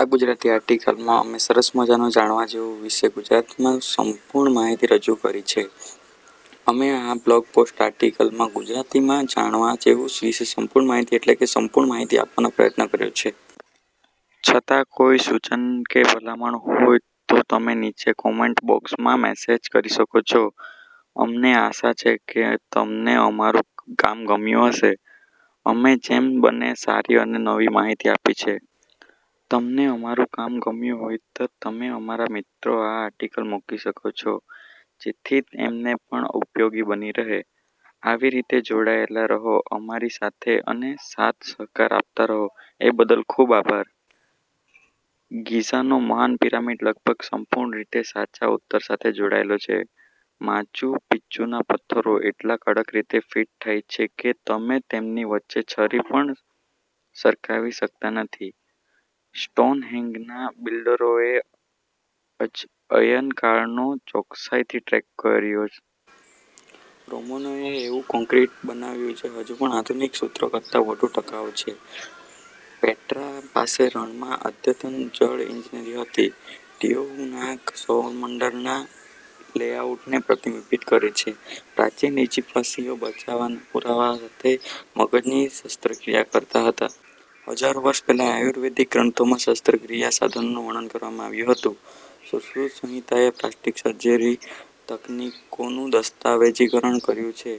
આ ગુજરાતી આર્ટીકલમાં અમે સરસ મજાનો જાણવા જેવું વિશે ગુજરાતીમાં સંપૂર્ણ માહિતી રજુ કરી છે અમે આ બ્લોગ પોસ્ટ આર્ટિકલમાં ગુજરાતીમાં જાણવા જેવું વિશે સંપૂર્ણ માહિતી એટલે કે વિશે સંપૂર્ણ માહિતી આપવાનો પ્રયત્ન કર્યો છે. છતાં કોઈ સૂચન કે ભલામણ હોય તો તમે નીચે કોમેન્ટ બોક્સ માં મેસેજ કરી શકો છો. અમને આશા છે કે તમને અમારું કામ ગમ્યું હશે. અમે જેમ બને સારી અને નવી માહિતી આપી છે. તમને અમારું કામ ગમ્યું હોય તો તમે અમારા મિત્રો ને આ આર્ટિકલ મોકલી શકો છો જેથી એમને પણ ઉપયોગી બની રહે. આવી રીતે જોડાયેલા રહો અમારી સાથે અને સાથ સહકાર આપતા રહો, એ બદલ ખુબ ખુબ આભાર. ગીઝાનો મહાન પિરામિડ લગભગ સંપૂર્ણ રીતે સાચા ઉત્તર સાથે જોડાયેલો છે. માચુ પિચ્ચુના પથ્થરો એટલા કડક રીતે ફિટ થાય છે કે તમે તેમની વચ્ચે છરી પણ સરકાવી શકતા નથી. સ્ટોનહેંજના બિલ્ડરોએ અયનકાળને ચોકસાઈથી ટ્રેક કર્યો. રોમનોએ એવું કોંક્રિટ બનાવ્યું જે હજુ પણ આધુનિક સૂત્રો કરતાં વધુ ટકાઉ છે. પેટ્રા પાસે રણમાં અદ્યતન જળ ઇજનેરી હતી. ટિયોતિહુઆકન સૌરમંડળના લેઆઉટને પ્રતિબિંબિત કરે છે. પ્રાચીન ઇજિપ્તવાસીઓ બચવાના પુરાવા સાથે મગજની શસ્ત્રક્રિયા કરતા હતા. હજારો વર્ષ પહેલાં આયુર્વેદિક ગ્રંથોમાં શસ્ત્રક્રિયાના સાધનોનું વર્ણન કરવામાં આવ્યું હતું. સુશ્રુત સંહિતાએ પ્લાસ્ટિક સર્જરી તકનીકોનું દસ્તાવેજીકરણ કર્યું છે.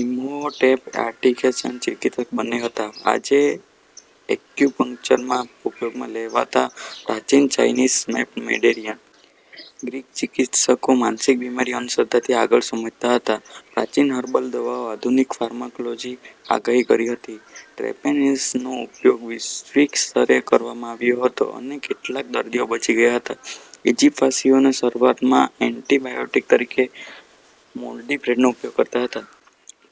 ઇમ્હોટેપ આર્કિટેક્ટ અને ચિકિત્સક બંને હતા. આજે એક્યુપંક્ચરમાં ઉપયોગમાં લેવાતા પ્રાચીન ચાઇનીઝ મેપ્ડ મેરિડીયન. ગ્રીક ચિકિત્સકો માનસિક બીમારીને અંધશ્રદ્ધાથી આગળ સમજતા હતા. પ્રાચીન હર્બલ દવાએ આધુનિક ફાર્માકોલોજીની આગાહી કરી હતી. ટ્રેપેનેશનનો ઉપયોગ વૈશ્વિક સ્તરે કરવામાં આવ્યો હતો અને કેટલાક દર્દીઓ બચી ગયા હતા. ઇજિપ્તવાસીઓ શરૂઆતના એન્ટિબાયોટિક્સ તરીકે મોલ્ડી બ્રેડનો ઉપયોગ કરતા હતા.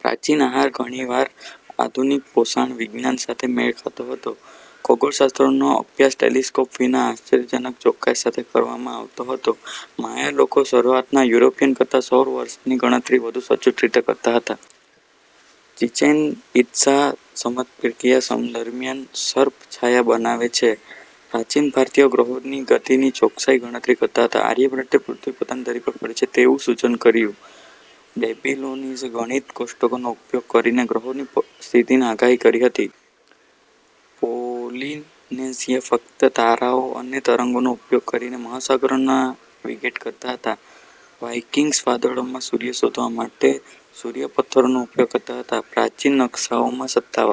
પ્રાચીન આહાર ઘણીવાર આધુનિક પોષણ વિજ્ઞાન સાથે મેળ ખાતો હતો. ખગોળશાસ્ત્રનો અભ્યાસ ટેલિસ્કોપ વિના આશ્ચર્યજનક ચોકસાઈ સાથે કરવામાં આવતો હતો. માયા લોકો શરૂઆતના યુરોપિયનો કરતાં સૌર વર્ષની ગણતરી વધુ સચોટ રીતે કરતા હતા. ચિચેન ઇત્ઝા સમપ્રકાશીય દરમિયાન સર્પ છાયા બનાવે છે. પ્રાચીન ભારતીયો ગ્રહોની ગતિની ચોક્કસ ગણતરી કરતા હતા. આર્યભટ્ટે પૃથ્વી પોતાની ધરી પર ફરે છે તેવું સૂચન કર્યું. બેબીલોનીયનોએ ગણિત કોષ્ટકોનો ઉપયોગ કરીને ગ્રહોની સ્થિતિની આગાહી કરી હતી. પોલિનેશિયનો ફક્ત તારાઓ અને તરંગોનો ઉપયોગ કરીને મહાસાગરોમાં નેવિગેટ કરતા હતા. વાઇકિંગ્સ વાદળોમાં સૂર્ય શોધવા માટે સૂર્યપત્થરોનો ઉપયોગ કરતા હતા. પ્રાચીન નકશાઓમાં સત્તાવાર